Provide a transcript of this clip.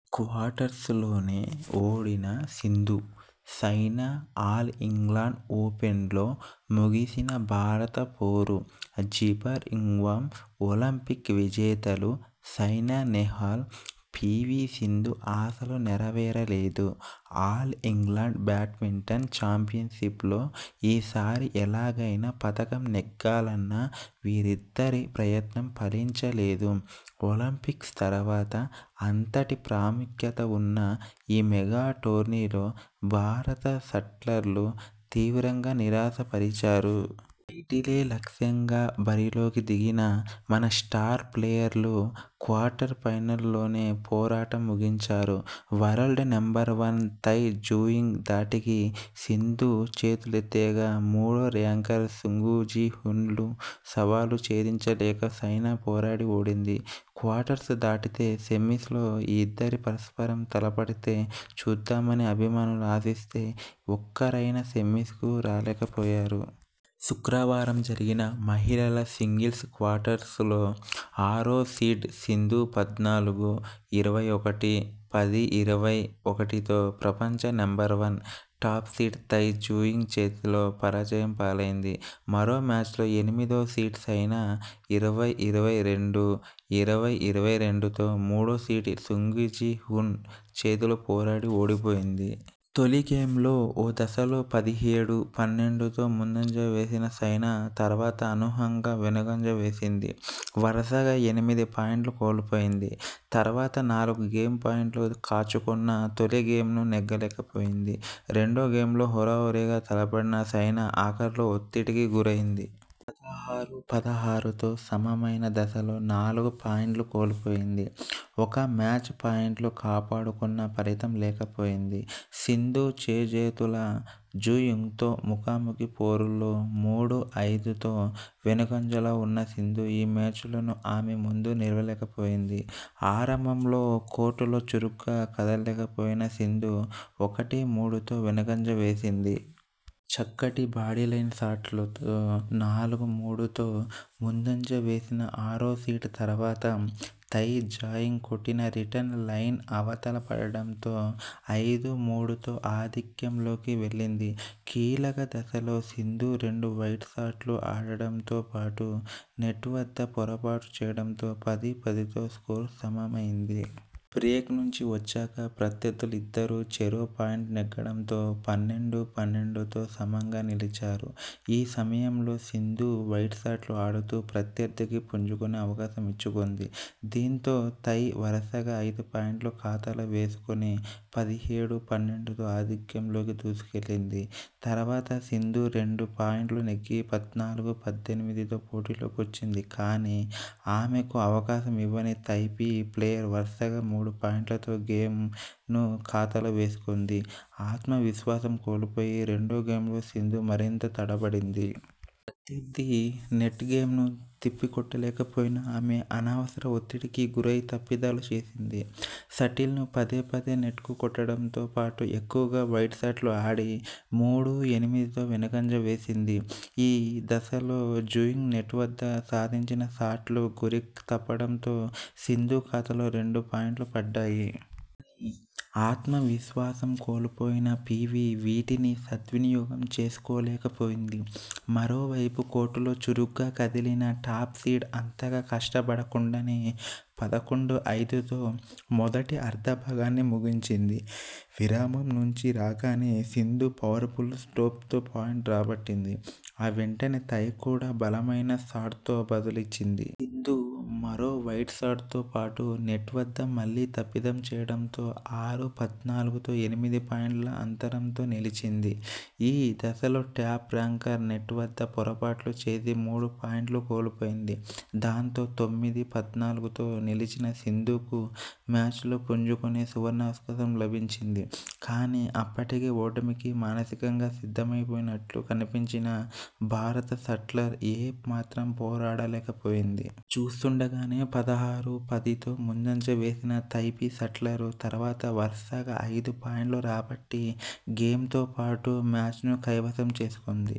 క్వార్టర్స్లోనే ఓడిన Sindhu, Saina all England ఓపెన్లో ముగిసిన భారత పోరు జీబర్మింగ్హామ్ ఒలింపిక్ విజేతలు సైనా నెహ్వాల్, పీవీ సింధు ఆశలు నెరవేరలేదు. ఆల్ ఇంగ్లండ్ బ్యాడ్మింటన్ ఛాంపియన్షిప్ లో ఈ సారి ఎలాగైనా పతకం నెగ్గాలన్న వీరిద్దరి ప్రయత్నం ఫలించలేదు. ఒలింపిక్స్ తర్వాత అంతటి ప్రాముఖ్యత ఉన్న ఈ మెగా టోర్నీలో భారత షట్లర్లు తీవ్రంగా నిరాశ పరిచారు. టైటిలే లక్ష్యంగా బరిలోకి దిగిన మన స్టార్ ప్లేయర్లు క్వార్టర్ ఫైనల్ ల్లోనే పోరాటం ముగించారు. World number one Tai Tzu-ying ధాటికి సింధు చేతులెత్తేయగా మూడో ర్యాంకర్ సుంగ్ జి హ్యున్ను సవాల్ను ఛేదించలేక సైనా పోరాడి ఓడింది. క్వార్టర్స్ దాటితే సెమిస్ లో ఈ ఇద్దరు పరస్పరం తలపడితే చూద్దామని అభిమానులు ఆశిస్తే ఒక్కరైనా సెమిస్ కు రాలేకపోయారు. శుక్రవారం జరిగిన మహిళల సింగిల్స్ క్వార్టర్స్ లో ఆరో సీడ్ సింధు పద్నాలుగు-ఇరవై ఒకటి, పది-ఇరవై ఒకటితో ప్రపంచ number one, top seed Tai Tzuying చేతిలో పరాజయం పాలైంది మరో మ్యాచ్లో ఎనిమిదో సీడ్ సైనా ఇరవై-ఇరవై రెండు, ఇరవై-ఇరవై రెండుతో మూడో సీడ్ సుంగ్ జి హ్యున్ చేతిలో పోరాడి ఓడిపోయింది. తొలి గేమ్లో ఓ దశలో పదిహేడు-పన్నెండుతో ముందంజ వేసిన సైనా తర్వాత అనూహ్యంగా వెనుకంజ వేసింది. వరుసగా ఎనిమిది పాయుంట్లు కోల్పోయింది. తర్వాత నాలుగు గేమ్ పాయింట్లు కాచుకున్నా తొలి గేమ్ ను నెగ్గలేకపోయింది. రెండో గేమ్లో హోరాహోరీగా తలపడిన సైనా ఆఖర్లో ఒత్తిడికి గురైంది. పదహారు-పదహారుతో సమమైన దశలో నాలుగు పాయింట్లు కోల్పోయింది. ఒక మ్యాచ్ పాయింట్ను కాపాడుకున్నా ఫలితం లేకపోయింది. సింధు చేజేతులా జు యింగ్తో ముఖాముఖీ పోరుల్లో మూడు-ఐదుతో వెనుకంజలో ఉన్న సింధు ఈ మ్యాచ్లోనూ ఆమె ముందు నిలువలేకపోయింది. ఆరంభంలో కోర్టులో చురుగ్గా కదల్లేకపోయిన సింధు ఒకటి-మూడుతో వెనుకంజ వేసింది. చక్కటి బాడీలైన్ షాట్తో నాలుగు-మూడుతో ముందంజ వేసిన ఆరోసీడ్ తర్వాత తై జయింగ్ కొట్టిన రిటర్న్ లైన్ అవతల పడడంతో ఐదు-మూడుతో ఆధిక్యంలోకి వెళ్లింది. కీలక దశలో సింధు రెండు వైడ్ షాట్లు ఆడడంతో పాటు నెట్ వద్ద పొరపాటు చేయడంతో పది-పదితో స్కోరు సమమైంది. బ్రేక్ నుంచి వచ్చాక ప్రత్యర్థులిద్దరూ చెరో పాయింట్ నెగ్గడంతో పన్నెండు-పన్నెండుతో సమంగా నిలిచారు. ఈ సమయంలో సింధు వైడ్ షాట్లు ఆడుతూ ప్రత్యర్థికి పుంజుకునే అవకాశం ఇచ్చుకుంది. దీంతో తై వరుసగా ఐదు పాయింట్లు ఖాతాలో వేసుకొని పదిహేడు-పన్నెండుతో ఆధిక్యంలోకి దూసుకెళ్లింది. తర్వాత సింధు రెండు పాయింట్లు నెగ్గి పద్నాలుగు-పద్దెనిమిదితో పోటీలోకొచ్చింది కానీ, ఆమెకు అవకాశం ఇవ్వని తైపీ ప్లేయర్ వరుసగా మూడు పాయింట్లతో గేమ్ ను ఖాతాలో వేసుకుంది ఆత్మవిశ్వాసం కోల్పోయి రెండో గేమ్లో సింధు మరింత తడబడింది. ప్రత్యర్థి నెట్ గేమ్ ను తిప్పికొట్టలేకపోయిన ఆమె అనవసర ఒత్తిడికి గురై తప్పిదాలు చేసింది. షటిల్ను పదే పదే నెట్కు కొట్టడంతో పాటు ఎక్కువగా వైడ్ షాట్లు ఆడి మూడు-ఎనిమిదితో వెనుకంజ వేసింది ఈ దశలో జు యింగ్ నెట్ వద్ద సంధించిన షాట్లు గురి తప్పడంతో సింధు ఖాతాలో రెండు పాయింట్లు పడ్డాయి. కానీ, ఆత్మవిశ్వాసం కోల్పోయిన పీవీ వీటిని సద్వినియోగం చేసుకోలేకపోయింది. మరోవైపు కోర్టులో చురుగ్గా కదిలిన టాప్ సీడ్ అంతగా కష్టపడకుండానే పదకొండు-ఐదుతో మొదటి అర్ధ భాగాన్ని ముగించింది విరామం నుంచి రాగానే సింధు పవర్ఫుల్ స్మాష్తో పాయింట్ రాబట్టింది. ఆ వెంటనే తై కూడా బలమైన షాట్తో బదులిచ్చింది. సింధు మరో వైడ్ షాట్తో పాటు నెట్ వద్ద మళ్లీ తప్పిదం చేయడంతో ఆరు-పద్నాలుగుతో ఎనిమిది పాయుంట్ల అంతరంతో నిలిచింది ఈ దశలో టాప్ ర్యాంకర్ నెట్ వద్ద పొరపాట్లు చేసి మూడు పాయింట్లు కోల్పోయింది దాంతో తొమ్మిది-పద్నాలుగుతో నిలిచిన సింధుకు మ్యాచ్లో పుంజుకునే సువర్ణావకాశం లభించింది కానీ, అప్పటికే ఓటమికి మానసికంగా సిద్ధమైపోయినట్టు కనిపించిన భారత షట్లర్ ఏ మాత్రం పోరాడలేకపోయింది. చూస్తుండగానే పదహారు-పదితో ముందంజ వేసిన తైపీ షట్లర్ తర్వాత వరుసగా ఐదు పాయింట్లు రాబట్టి గేమ్ తో పాటు మ్యాచ్నూ కైవసం చేసుకుంది